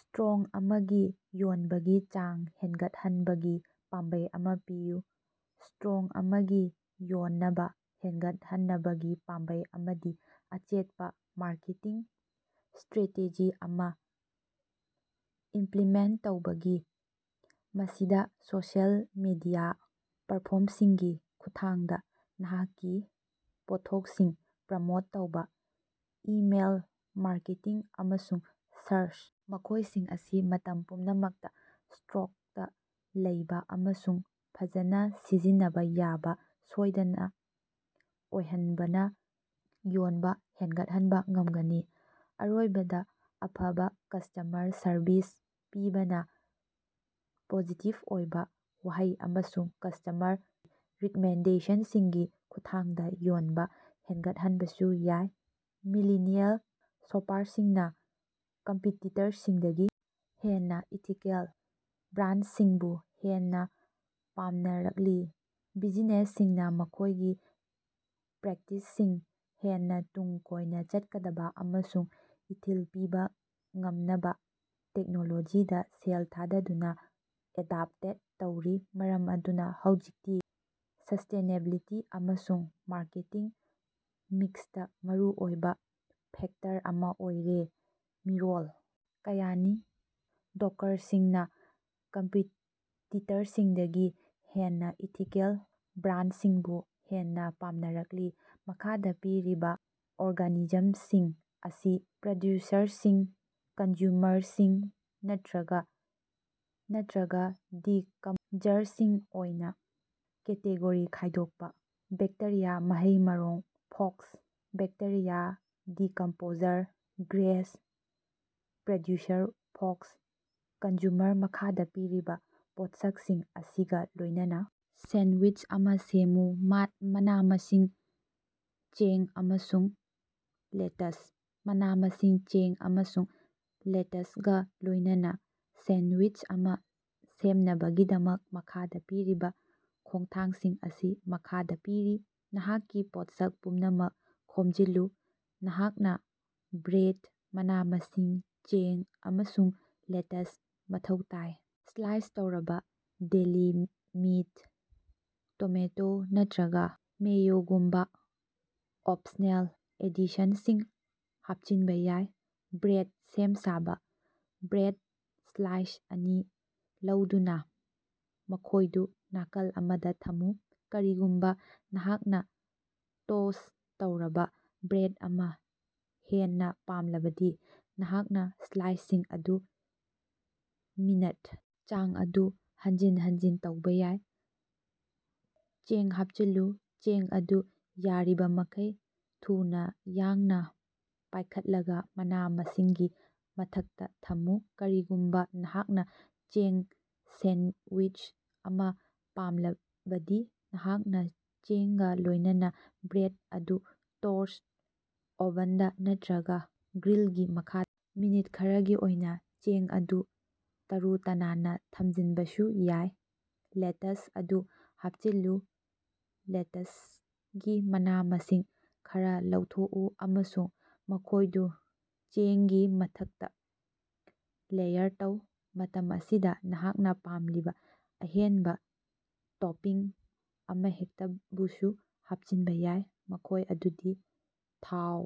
Store ꯑꯃꯒꯤ ꯌꯣꯟꯕꯒꯤ ꯆꯥꯡ ꯍꯦꯟꯒꯠꯍꯟꯅꯕꯒꯤ ꯄꯥꯝꯕꯩ ꯑꯃ ꯄꯤꯌꯨ꯫ ꯁ꯭ꯇꯣꯔ ꯑꯃꯒꯤ ꯌꯣꯟꯅꯕ ꯍꯦꯟꯒꯠꯍꯟꯅꯕꯒꯤ ꯄꯥꯝꯕꯩ ꯑꯃꯗꯤ ꯑꯆꯦꯠꯄ ꯃꯥꯔꯀꯦꯇꯤꯡ ꯁ꯭ꯇꯔꯦꯇꯦꯖꯤ ꯑꯃ ꯏꯝꯞꯂꯤꯃꯦꯟꯇ ꯇꯧꯕꯅꯤ꯫ ꯃꯁꯤꯗ ꯁꯣꯁꯤꯑꯦꯜ ꯃꯦꯗꯤꯌꯥ ꯄ꯭ꯂꯦꯠꯐꯣꯔꯝꯁꯤꯡꯒꯤ ꯈꯨꯠꯊꯥꯡꯗ ꯅꯍꯥꯛꯀꯤ ꯄꯣꯠꯊꯣꯛꯁꯤꯡ ꯄ꯭ꯔꯃꯣꯠ ꯇꯧꯕ, ꯏꯃꯦꯜ ꯃꯥꯔꯀꯦꯇꯤꯡ, ꯑꯃꯁꯨꯡ ꯁꯔꯆ ꯃꯈꯣꯏꯁꯤꯡ ꯑꯁꯤ ꯃꯇꯝ ꯄꯨꯝꯅꯃꯛꯇ ꯁ꯭ꯇꯣꯛꯇ ꯂꯩꯕ ꯑꯃꯁꯨꯡ ꯐꯖꯅ ꯁꯤꯖꯤꯟꯅꯕ ꯌꯥꯕ ꯁꯣꯏꯗꯅ ꯑꯣꯏꯍꯟꯕꯅ ꯌꯣꯟꯕ ꯍꯦꯟꯒꯠꯍꯟꯕ ꯉꯝꯒꯅꯤ꯫ ꯑꯔꯣꯏꯕꯗ ꯑꯐꯕ ꯀꯁ꯭ꯇꯃꯔ ꯁꯔꯕꯤꯁ ꯄꯤꯕꯅ ꯄꯣꯖꯤꯇꯤꯕ ꯑꯣꯏꯕ ꯋꯥꯍꯩ ꯑꯃꯁꯨꯡ ꯀꯁ꯭ꯇꯃꯔ ꯔꯤꯛꯃꯦꯟꯗꯦꯁꯟꯁꯤꯡꯒꯤ ꯈꯨꯠꯊꯥꯡꯗ ꯌꯣꯟꯕ ꯍꯦꯟꯒꯠꯍꯟꯕꯁꯨ ꯌꯥꯏ꯫ ꯃꯤꯂꯤꯅꯤꯑꯦꯜ ꯁꯣꯄꯥꯔꯁꯤꯡꯅꯥ ꯀꯝꯄꯤꯇꯤꯇꯔꯁꯤꯡꯗꯒꯤ ꯍꯦꯟꯅ ꯏꯊꯤꯀꯦꯜ ꯕ꯭ꯔꯥꯟꯗꯁꯤꯡꯕꯨ ꯍꯦꯟꯅ ꯄꯥꯝꯅꯔꯛꯂꯤ꯫ ꯕꯤꯖꯤꯅꯦꯁꯁꯤꯡꯅ ꯃꯈꯣꯏꯒꯤ ꯄ꯭ꯔꯦꯛꯇꯤꯁꯁꯤꯡ ꯍꯦꯟꯅ ꯇꯨꯡ ꯀꯣꯏꯅ ꯆꯠꯀꯗꯕ ꯑꯃꯁꯨꯡ ꯏꯊꯤꯜ ꯄꯤꯕ ꯉꯝꯅꯕ ꯇꯦꯛꯅꯣꯂꯣꯖꯤꯗ ꯁꯦꯜ ꯊꯥꯗꯗꯨꯅ ꯑꯦꯗꯥꯞꯇꯦꯠ ꯇꯧꯔꯤ꯫ ꯃꯔꯝ ꯑꯗꯨꯅ ꯍꯧꯖꯤꯛꯇꯤ ꯁꯁ꯭ꯇꯦꯅꯦꯕꯤꯂꯤꯇꯤ ꯑꯃꯁꯨꯡ ꯃꯥꯔꯀꯦꯇꯤꯡ ꯃꯤꯛꯁꯇ ꯃꯔꯨꯑꯣꯏꯕ ꯐꯦꯛꯇꯔ ꯑꯃ ꯑꯣꯏꯔꯦ꯫ ꯃꯤꯔꯣꯜ ꯀꯌꯥꯒꯤ ꯗꯣꯀꯔꯁꯤꯡꯅ ꯀꯝꯄꯤꯇꯤꯇꯔꯁꯤꯡꯗꯒꯤ ꯍꯦꯟꯅ ꯏꯊꯤꯀꯦꯜ ꯕ꯭ꯔꯥꯟꯗꯁꯤꯡꯕꯨ ꯍꯦꯟꯅꯥ ꯄꯥꯝꯅꯔꯛꯂꯤ꯫ ꯃꯈꯥꯗ ꯄꯤꯔꯤꯕ ꯑꯣꯔꯒꯥꯅꯤꯖꯝꯁꯤꯡ ꯑꯁꯤ ꯄ꯭ꯔꯗ꯭ꯌꯨꯁꯔꯁꯤꯡ, ꯀꯟꯖ꯭ꯌꯨꯃꯔꯁꯤꯡ ꯅꯠꯇ꯭ꯔꯒ ꯅꯠꯇ꯭ꯔꯒ ꯗꯤꯀꯃꯄꯣꯖꯔꯁꯤꯡ ꯑꯣꯏꯅ ꯀꯦꯇꯦꯒꯣꯔꯤ ꯈꯥꯏꯗꯣꯛꯄ꯫ ꯕꯦꯛꯇꯦꯔꯤꯌꯥ, ꯃꯍꯩ-ꯃꯔꯣꯡ, fox. Bacteria: decomposer grass: producer fox: consumer. ꯃꯈꯥꯗ ꯄꯤꯔꯤꯕ ꯄꯣꯠꯁꯛꯁꯤꯡ ꯑꯁꯤꯒ ꯂꯣꯏꯅꯅ ꯁꯦꯟꯗꯋꯤꯁ ꯑꯃ ꯁꯦꯝꯃꯨ: ꯃꯅꯥ-ꯃꯁꯤꯡ, ꯆꯦꯡ, ꯑꯃꯁꯨꯡ ꯂꯦꯇꯆ꯫ ꯃꯅꯥ-ꯃꯁꯤꯡ, ꯆꯦꯡ ꯑꯃꯁꯨꯡ ꯂꯦꯇꯆꯒ ꯂꯣꯏꯅꯅ ꯁꯦꯟꯗꯋꯤꯁ ꯑꯃ ꯁꯦꯝꯅꯕꯒꯤꯗꯃꯛ ꯃꯈꯥꯗꯥ ꯄꯤꯔꯤꯕ ꯈꯣꯡꯊꯥꯡꯁꯤꯡ ꯑꯁꯤ ꯃꯈꯥꯗ ꯄꯤꯔꯤ: ꯅꯍꯥꯛꯀꯤ ꯄꯣꯠꯁꯛ ꯄꯨꯝꯅꯃꯛ ꯈꯣꯝꯖꯤꯜꯂꯨ: ꯅꯍꯥꯛꯅ ꯕ꯭ꯔꯦꯗ, ꯃꯅꯥ-ꯃꯁꯤꯡ, ꯆꯦꯡ, ꯑꯃꯁꯨꯡ ꯂꯦꯇꯆ ꯃꯊꯧ ꯇꯥꯏ꯫ ꯁ꯭ꯂꯥꯏꯁ ꯇꯧꯔꯕ ꯗꯦꯂꯤ ꯃꯤꯠ, ꯇꯣꯃꯦꯇꯣ ꯅꯠꯇ꯭꯭ꯔꯒ ꯃꯦꯌꯣꯒꯨꯝꯕ ꯑꯣꯄꯁꯅꯦꯜ ꯑꯦꯗꯤꯁꯟꯁꯤꯡ ꯍꯥꯞꯆꯤꯟꯕ ꯌꯥꯏ꯫ ꯕ꯭ꯔꯦꯗ ꯁꯦꯝ-ꯁꯥꯕ: ꯕ꯭ꯔꯦꯗ ꯁ꯭ꯂꯥꯏꯁ ꯑꯅꯤ ꯂꯧꯗꯨꯅ ꯃꯈꯣꯏꯗꯨ ꯅꯥꯀꯜ ꯑꯃꯗ ꯊꯝꯃꯨ꯫ ꯀꯔꯤꯒꯨꯝꯕ ꯅꯍꯥꯛꯅ ꯇꯣꯁ꯭ꯠ ꯇꯧꯔꯕ ꯕ꯭ꯔꯦꯗ ꯑꯃꯥ ꯍꯦꯟꯅ ꯄꯥꯝꯂꯕꯗꯤ ꯅꯍꯥꯛꯅ ꯁ꯭ꯂꯥꯏꯁꯁꯤꯡ ꯑꯗꯨ ꯃꯤꯅꯠ ꯆꯥꯡ ꯑꯗꯨ ꯍꯟꯖꯤꯟ ꯍꯟꯖꯤꯟ ꯇꯧꯕ ꯌꯥꯏ꯫ ꯆꯦꯡ ꯍꯥꯞꯆꯤꯜꯂꯨ: ꯆꯦꯡ ꯑꯗꯨ ꯌꯥꯔꯤꯕꯃꯈꯩ ꯊꯨꯅ ꯌꯥꯡꯅ ꯄꯥꯏꯈꯠꯂꯒ ꯃꯅꯥ-ꯃꯁꯤꯡꯒꯤ ꯃꯊꯛꯇ ꯊꯝꯃꯨ꯫ ꯀꯔꯤꯒꯨꯝꯕ ꯅꯍꯥꯛꯅ ꯆꯦꯡ ꯁꯦꯟꯗꯋꯤꯁ ꯑꯃ ꯄꯥꯝꯂꯕꯗꯤ ꯅꯍꯥꯛꯅ ꯆꯦꯡꯒ ꯂꯣꯏꯅꯅ ꯕ꯭ꯔꯦꯗ ꯑꯗꯨ ꯇꯣꯁ꯭ꯇꯔ ꯑꯣꯚꯟꯗ ꯅꯠꯇ꯭ꯔꯒ ꯒ꯭ꯔꯤꯜꯒꯤ ꯃꯈꯥꯗ ꯃꯤꯅꯠ ꯈꯔꯒꯤ ꯑꯣꯏꯅ ꯆꯦꯡ ꯑꯗꯨ ꯇꯔꯨ-ꯇꯅꯥꯟꯅ ꯊꯝꯖꯟꯕꯁꯨ ꯌꯥꯏ꯫ ꯂꯦꯇꯆ ꯑꯗꯨ ꯍꯥꯞꯆꯤꯜꯂꯨ: ꯂꯦꯇꯆꯒꯤ ꯃꯅꯥ-ꯃꯁꯤꯡ ꯈꯔꯥ ꯂꯧꯊꯣꯛꯎ ꯑꯃꯁꯨꯡ ꯃꯈꯣꯏꯗꯨ ꯆꯦꯡꯒꯤ ꯃꯊꯛꯇ ꯂꯦꯌꯥꯔ ꯇꯧ꯫ ꯃꯇꯝ ꯑꯁꯤꯗ ꯅꯍꯥꯛꯅ ꯄꯥꯝꯂꯤꯕ ꯑꯍꯦꯟꯕ ꯇꯣꯄꯤꯡ ꯑꯃꯍꯦꯛꯇꯕꯨꯁꯨ ꯍꯥꯞꯆꯤꯟꯕ ꯌꯥꯏ꯫ ꯃꯈꯣꯏ ꯑꯗꯨꯗꯤ ꯊꯥꯎ